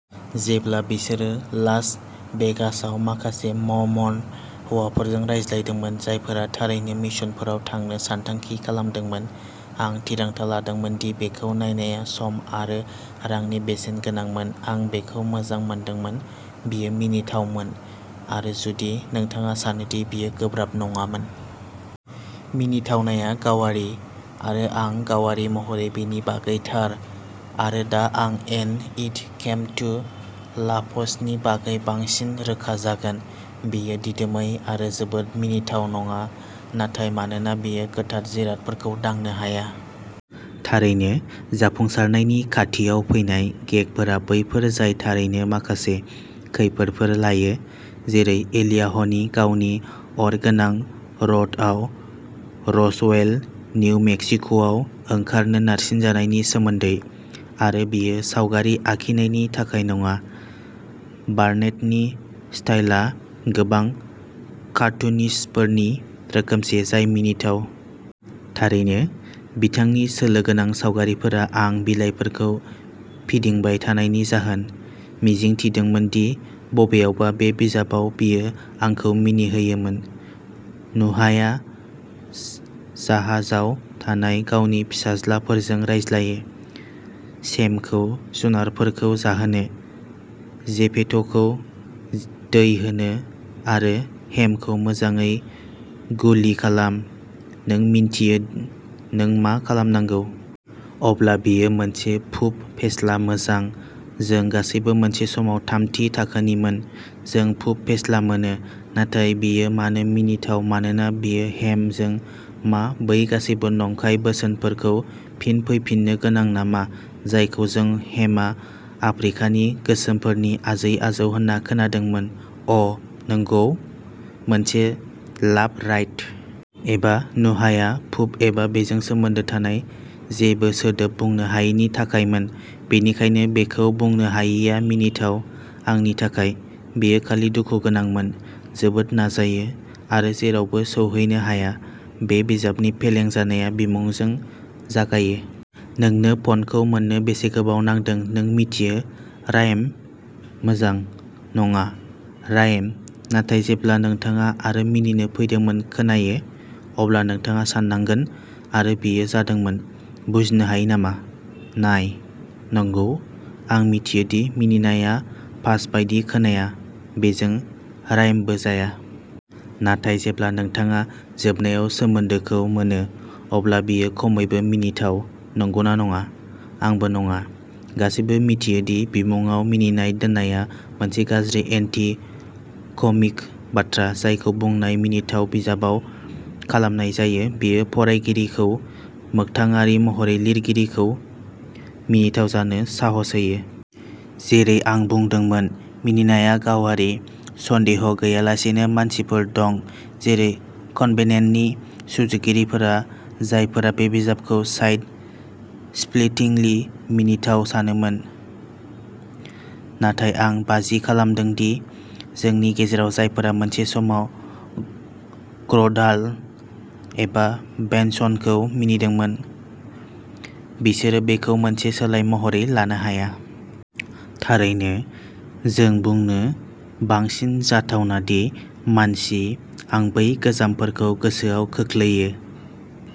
जेब्ला बिसोरो लास भेगासआव माखासे मर्मन हौवाफोरजों रायज्लायदोंमोन, जायफोरा थारैनो मिशनफोराव थांनो सानथांखि खालामदोंमोन, आं थिरांथा लादोंमोन दि बेखौ नायनाया सम आरो रांनि बेसेन गोनांमोन। आं बेखौ मोजां मोनदोंमोन। बेयो मिनिथावमोन। आरो जुदि नोंथाङा सानो दि बेयो गोब्राब नङामोन। मिनिथावनाया गावारि, आरो आं गावारि महरै बेनि बागै थार। आरो दा आं एन्ड इट केम टु लाफ्सनि बागै बांसिन रोखा जागोन। बेयो दिदोमै आरो जोबोद मिनिथाव नङा। नाथाय मानोना बेयो गोथार जिरादफोरखौ दांनो हाया। थारैनो, जाफुंसारनायनि खाथियाव फैनाय गेगफोरा बैफोर जाय थारैनो माखासे खैफोदफोर लायो, जेरै एलियाहनि गावनि अरगोनां रथआव रसवेल, निउ मेक्सिक'आव ओंखारनो नारसिनजानायनि सोमोन्दै। आरो बेयो सावगारि आखिनायनि थाखाय नङा। बार्नेटनि स्टाइलआ गोबां कार्टुनिस्टफोरनि रोखोमसे जाय मिनिथाव। थारैनो, बिथांनि सोलो गोनां सावगारिफोरा आं बिलाइफोरखौ फिदिंबाय थानायनि जाहोन, मिजिं थिदोंमोन दि बबेयावबा बे बिजाबाव बियो आंखौ मिनिहोयोमोन। नुहाया जाहाजाव थानाय गावनि फिसाज्लाफोरजों रायज्लायो, शेमखौ जुनारफोरखौ जाहोनो, जेफेथखौ दै होनो, आरो हेमखौ मोजाङै गुलि खालाम नों मिन्थियो नों मा खालामनांगौ। अब्ला बेयो मोनसे पुप फेस्ला। मोजां, जों गासैबो मोनसे समाव थामथि थाखोनिमोन, जों पुप फेस्ला मोनो। नाथाय बेयो मानो मिनिथाव मानोना बेयो हेम जों मा बै गासैबो नंखाय बोसोनफोर खौ फिन फैफिननो गोनां नामा जायखौ जों हेमआ आफ्रिकानि गोसोमफोरनि आजै-आजौ होनना खोनादोंमोन अ, नंगौ, मोनसे लाफ रायट। एबा नुहाया पुप एबा बेजों सोमोन्दो थानाय जेबो सोदोब बुंनो हायैनि थाखायमोन, बेनिखायनो बेखौ बुंनो हायैआ मिनिथाव आंनि थाखाय, बेयो खालि दुखु गोनांमोन। जोबोद नाजायो, आरो जेरावबो सौहैनो हाया। बे बिजाबनि फेलें जानाया बिमुंजों जागायो। नोंनो पनखौ मोन्नो बेसे गोबाव नांदों नों मिथियो, रायम मोजां, नङा। रायम, नाथाय जेब्ला नोंथाङा आरो मिनिनो फैदोंमोन खोनायो, अब्ला नोंथाङा साननांगोन आरो बेयो जादोंमोन। बुजिनो हायो नामा नाय नंगौ, आं मिथियो दि मिनिनाय आ पास बायदि खोनाया, बेजों रायमबो जाया। नाथाय जेब्ला नोंथाङा जोबनायाव सोमोन्दोखौ मोनो, अब्ला बेयो खमैबो मिनिथाव, नंगौना नङा? आंबो नङा। गासैबो मिथियो दि बिमुंआव मिनिनाय दोननाया मोनसे गाज्रि एन्टी कमिक बाथ्रा, जायखौ बुंनाय मिनिथाव बिजाबाव खालामनाय जायो बेयो फरायगिरिखौ मोगथाङारि महरै लिरगिरिखौ मिनिथाव जानो साहस होयो। जेरै आं बुंदोंमोन, मिनिनाया गावारि। सन्देह गैयालासेनो मानसिफोर दं जेरै कभेनेन्टनि सुजुगिरिफोरा जायफोरा बे बिजाबखौ साइड स्प्लिटिंलि मिनिथाव सानोमोन। नाथाय आं बाजि खालामदों दि जोंनि गेजेराव जायफोरा मोनसे समाव ग्रन्डाल एबा बेनसनखौ मिनिदोंमोन, बिसोरो बेखौ मोनसे सोलाय महरै लानो हाया। थारैनो, जों बुंनो बांसिन जाथावना दि, मानसि, आं बै गोजामफोरखौ गोसोआव खोख्लैयो।